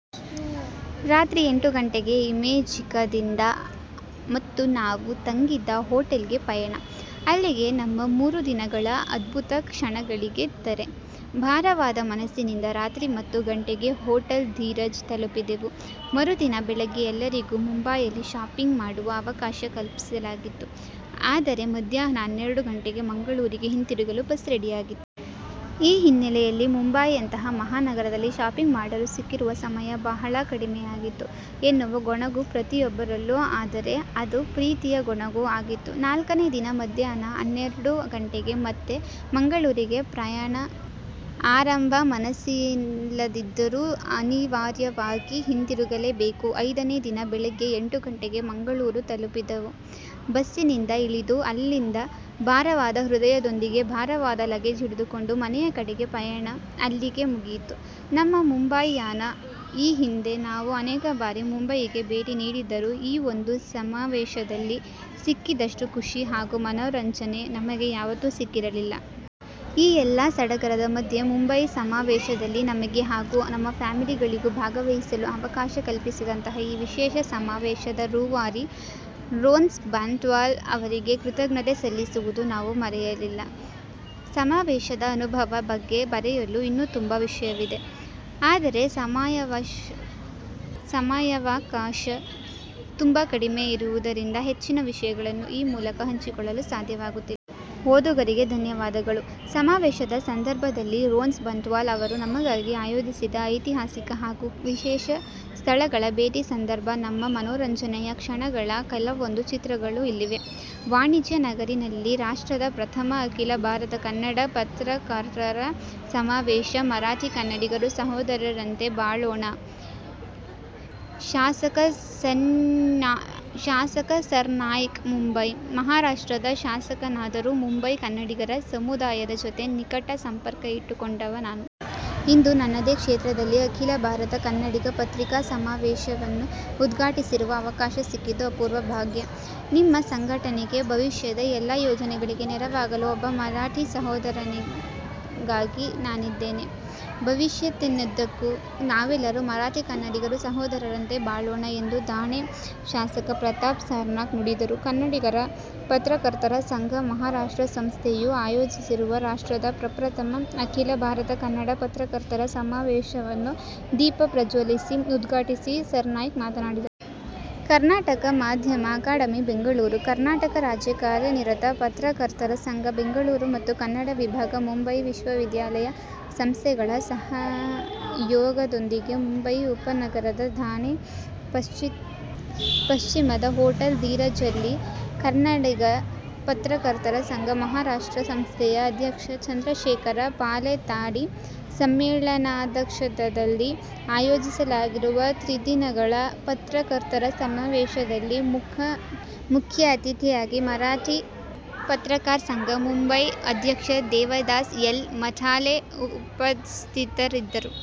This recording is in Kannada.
ರಾತ್ರಿ ಎಂಟು ಗಂಟೆಗೆ ಇಮೇಜಿಕದಿಂದ ಮತ್ತೆ ನಾವು ತಂಗಿದ್ದ ಹೊಟೇಲ್ಗೆ ಪಯಣ. ಅಲ್ಲಿಗೆ ನಮ್ಮ ಮೂರುದಿನಗಳ ಅದ್ಭುತ ಕ್ಷಣಗಳಿಗೆ ತೆರೆ. ಬಾರವಾದ ಮನಸ್ಸಿನಿಂದ ರಾತ್ರಿ ಹತ್ತು ಗಂಟೆಗೆ ಹೊಟೇಲ್ ಧೀರಜ್ ತಲುಪಿದೆವು ಮರುದಿನ ಬೆಳಿಗ್ಗೆ ಎಲ್ಲರಿಗೂ ಮುಂಬಾಯಿಯಲ್ಲಿ ಶಾಪಿಂಗ್ ಮಾಡುವ ಅವಕಾಶ ಕಲ್ಪಿಸಲಾಗಿತ್ತು ಆದರೆ ಮಧ್ಯಾಹ್ನ ಹನ್ನೆರಡು ಗಂಟೆಗೆ ಮಂಗಳೂರಿಗೆ ಹಿಂತಿರುಗಲು ಬಸ್ ರೆಡಿ ಇತ್ತು. ಈ ಹಿನ್ನೆಲೆಯಲ್ಲಿ ಮುಂಬಾಯಿಯಂತಹ ಮಹಾನಗರದಲ್ಲಿ ಶಾಪಿಂಗ್ ಮಾಡಲು ಸಿಕ್ಕಿರುವ ಸಮಯ ಬಹಳ ಕಡಿಮೆಯಾಯಿತು ಎನ್ನುವ ಗೊಣಗು ಪ್ರತಿಯೊಬ್ಬರಲ್ಲೂ ಆದರೆ ಅದು ಪ್ರೀತಿಯ ಗೊಣಗು ಆಗಿತ್ತು.. ನಾಲ್ಕನೆ ದಿನ ಮಧ್ಯಾಹ್ನ ಹನ್ನೆರಡು ಗಂಟೆಗೆ ಮತ್ತೆ ಮಂಗಳೂರಿಗೆ ಪಯಣ ಆರಂಭ ಮನಸ್ಸಿಲ್ಲದಿದ್ದರೂ ಅನಿವಾರ್ಯವಾಗಿ ಹಿಂತಿರುಗಲೇ ಬೇಕು ಐದನೇ ದಿನ ಬೆಳಿಗ್ಗೆ ಏಳು ಗಂಟೆಗೆ ಮಂಗಳೂರು ತಲುಪಿದೆವು ಬಸ್ಸಿನಿಂದ ಇಳಿದು ಅಲ್ಲಿಂದ ಭಾರವಾದ ಹೃದಯದೊಂದಿಗೆ ಭಾರವಾದ ಲಗೇಜ್ ಹಿಡಿದುಕೊಂಡು ಮನೆಯ ಕಡೆ ಪಯಣ ಅಲ್ಲಿಗೆ ಮುಗಿಯಿತು ನಮ್ಮ ಮುಂಬಯಿ ಯಾನ ಈ ಹಿಂದೆ ನಾವು ಅನೇಕ ಬಾರಿ ಮುಂಬಯಿಗೆ ಬೇಟಿ ನೀಡಿದ್ದರೂ ಈ ಒಂದು ಸಮಾವೇಶದಲ್ಲಿ ಸಿಕ್ಕಿದಷ್ಟು ಖುಷಿ ಹಾಗೂ ಮನೋರಂಜನೆ ನಮಗೆ ಯಾವತ್ತೂ ಸಿಕ್ಕಿರಲಿಲ್ಲ. ಈ ಎಲ್ಲಾ ಸಡಗರದ ಮಧ್ಯೆ ಮುಂಬಯಿ ಸಮಾವೇಶದಲ್ಲಿ ನಮಗೆ ಹಾಗೂ ನಮ್ಮ ಫ್ಯಾಮಿಲಿಗೂ ಭಾಗವಹಿಸಲು ಅವಕಾಶ ಕಲ್ಪಿಸಿದಂತಹ ಈ ವಿಶೇಷ ಸಮಾವೇಶದ ರೂವಾರಿ ರೋನ್ಸ್ ಬಂಟ್ವಾಳ್ ಅವರಿಗೆ ಕೃತಜ್ಞತೆ ಸಲ್ಲಿಸಲು ನಾವು ಮರೆಯಲಿಲ್ಲ. ಸಮಾವೇಶದ ಅನುಭವದ ಬಗ್ಗೆ ಬರೆಯಲು ಇನ್ನೂ ತುಂಬಾ ವಿಷಯವಿದೆ. ಆದರೆ ಸಮಯಾವಕಾಶ ತುಂಬ ಕಡಿಮೆ ಇರುವುದರಿಂದ ಹೆಚ್ಚಿನ ವಿಷಯವನ್ನು ಈ ಮೂಲಕ ಹಂಚಿಕೊಳ್ಳಲು ಸಾದ್ಯವಾಗುತಿಲ್ಲ. ಓದುಗರಿಗೆ ಧನ್ಯವಾದಗಳು. ಸಮಾವೇಶದ ಸಂದರ್ಭದಲ್ಲಿ ರೋನ್ಸ್ ಬಂಟ್ವಾಳ್ ಅವರು ನಮಗಾಗಿ ಅಯೋಜಿಸಿದ ಐತಿಹಾಸಿಕ ಹಾಗೂ ವಿಶೇಷ ಸ್ಥಳಗಳ ಬೇಟಿ ಸಂದರ್ಭ ನಮ್ಮ ಮನೋರಂಜನೆಯ ಕ್ಷಣಗಳ ಕೆಲವೊಂದು ಚಿತ್ರಗಳು ಇಲ್ಲಿವೆ. ವಾಣಿಜ್ಯ ನಗರಿಯಲ್ಲಿ ರಾಷ್ಟ್ರದ ಪ್ರಥಮ ಅಖಿಲ ಭಾರತ ಕನ್ನಡ ಪತ್ರಕರ್ತರ ಸಮಾವೇಶ: ಮರಾಠಿ-ಕನ್ನಡಿಗರು ಸಹೋದರರಂತೆ ಬಾಳೋಣ: ಶಾಸಕ ಸರ್ನಾಯ್ಕ್ ಮುಂಬಯಿ: ಮಹಾರಾಷ್ಟ್ರದ ಶಾಸಕನಾದರೂ ಮುಂಬಯಿ ಕನ್ನಡಿಗರ ಸಮುದಾಯದ ಜೊತೆ ನಿಕಟ ಸಂಪರ್ಕ ಇಟ್ಟು ಕೊಂಡವ ನಾನು. ಇಂದು ನನ್ನದೇ ಕ್ಷೇತ್ರದಲ್ಲಿ ಅಖಿಲಭಾರತ ಕನ್ನಡಿಗ ಪತ್ರಿಕಾ ಸಮಾವೇಶವನ್ನು ಉದ್ಘಾಟಿಸುವ ಅವಕಾಶಸಿಕ್ಕಿದ್ದು ಅಪೂರ್ವ ಭಾಗ್ಯ. ನಿಮ್ಮ ಸಂಘಟನೆಗೆ ಭವಿಷ್ಯದ ಎಲ್ಲಾ ಯೋಜನೆಗಳಿಗೆ ನೆರವಾಗಲು ಒಬ್ಬ ಮರಾಠಿಸೋದರನಾಗಿ ನಾನಿದ್ದೇನೆ. ಭವಿಷ್ಯತ್ತಿನ್ನುದ್ದಕ್ಕೂ ನಾವೆಲ್ಲರೂ ಮರಾಠಿ-ಕನ್ನಡಿಗರು ಸಹೋದರರಂತೆ ಬಾಳೋಣ ಎಂದು ಥಾಣೆ ಶಾಸಕ ಪ್ರತಾಪ್ ಸರ್ನಾಯ್ಕ್ ನುಡಿದರು. ಕನ್ನಡಿಗ ಪತ್ರಕರ್ತರ ಸಂಘ ಮಹಾರಾಷ್ಟ್ರ ಸಂಸ್ಥೆಯು ಆಯೋಜಿಸಿರುವ ರಾಷ್ಟ್ರದ ಪ್ರಪ್ರಥಮ ಅಖಿಲ ಭಾರತ ಕನ್ನಡ ಪತ್ರಕರ್ತರ ಸಮಾವೇಶವನ್ನು ದೀಪ ಪ್ರಜ್ವಲಿಸಿ ಉದ್ಘಾಟಿಸಿ ಸರ್ನಾಯ್ಕ್ ಮಾತನಾಡಿದರು. ಕರ್ನಾಟಕ ಮಾಧ್ಯಮ ಅಕಾಡೆಮಿ ಬೆಂಗಳೂರು, ಕರ್ನಾಟಕ ರಾಜ್ಯ ಕಾರ್ಯನಿರತ ಪತ್ರಕರ್ತರ ಸಂಘ ಬೆಂಗಳೂರು ಮತ್ತು ಕನ್ನಡ ವಿಭಾಗ ಮುಂಬಯಿ ವಿಶ್ವವಿದ್ಯಾಲಯ ಸಂಸ್ಥೆಗಳ ಸಹಯೋಗದೊಂದಿಗೆ ಮುಂಬಯಿ ಉಪನಗರದ ಥಾಣೆ ಪಶ್ಚಿಮದ ಹೊಟೇಲ್ ಧೀರಜ್ನಲ್ಲಿ ಕನ್ನಡಿಗ ಪತ್ರಕರ್ತರ ಸಂಘ ಮಹಾರಾಷ್ಟ್ರ ಸಂಸ್ಥೆಯ ಅಧ್ಯಕ್ಷ ಚಂದ್ರಶೇಖರ ಪಾಲೆತ್ತಾಡಿ ಸಮ್ಮೇಳನಾಧ್ಯಕ್ಷತೆಯಲ್ಲಿ ಆಯೋಜಿಸಲಾಗಿರುವ ತ್ರಿದಿನಗಳ ಪತ್ರಕರ್ತರ ಸಮಾವೇಶದಲ್ಲಿ ಮುಖ್ಯ ಅತಿಥಿಯಾಗಿ ಮರಾಠಿ ಪತ್ರಕಾರ್ ಸಂಘ ಮುಂಬಯಿ ಅಧ್ಯಕ್ಷ ದೇವದಾಸ್ ಎಲ್. ಮಠಾಲೆ ಉಪಸ್ಥಿತರಿದ್ದರು.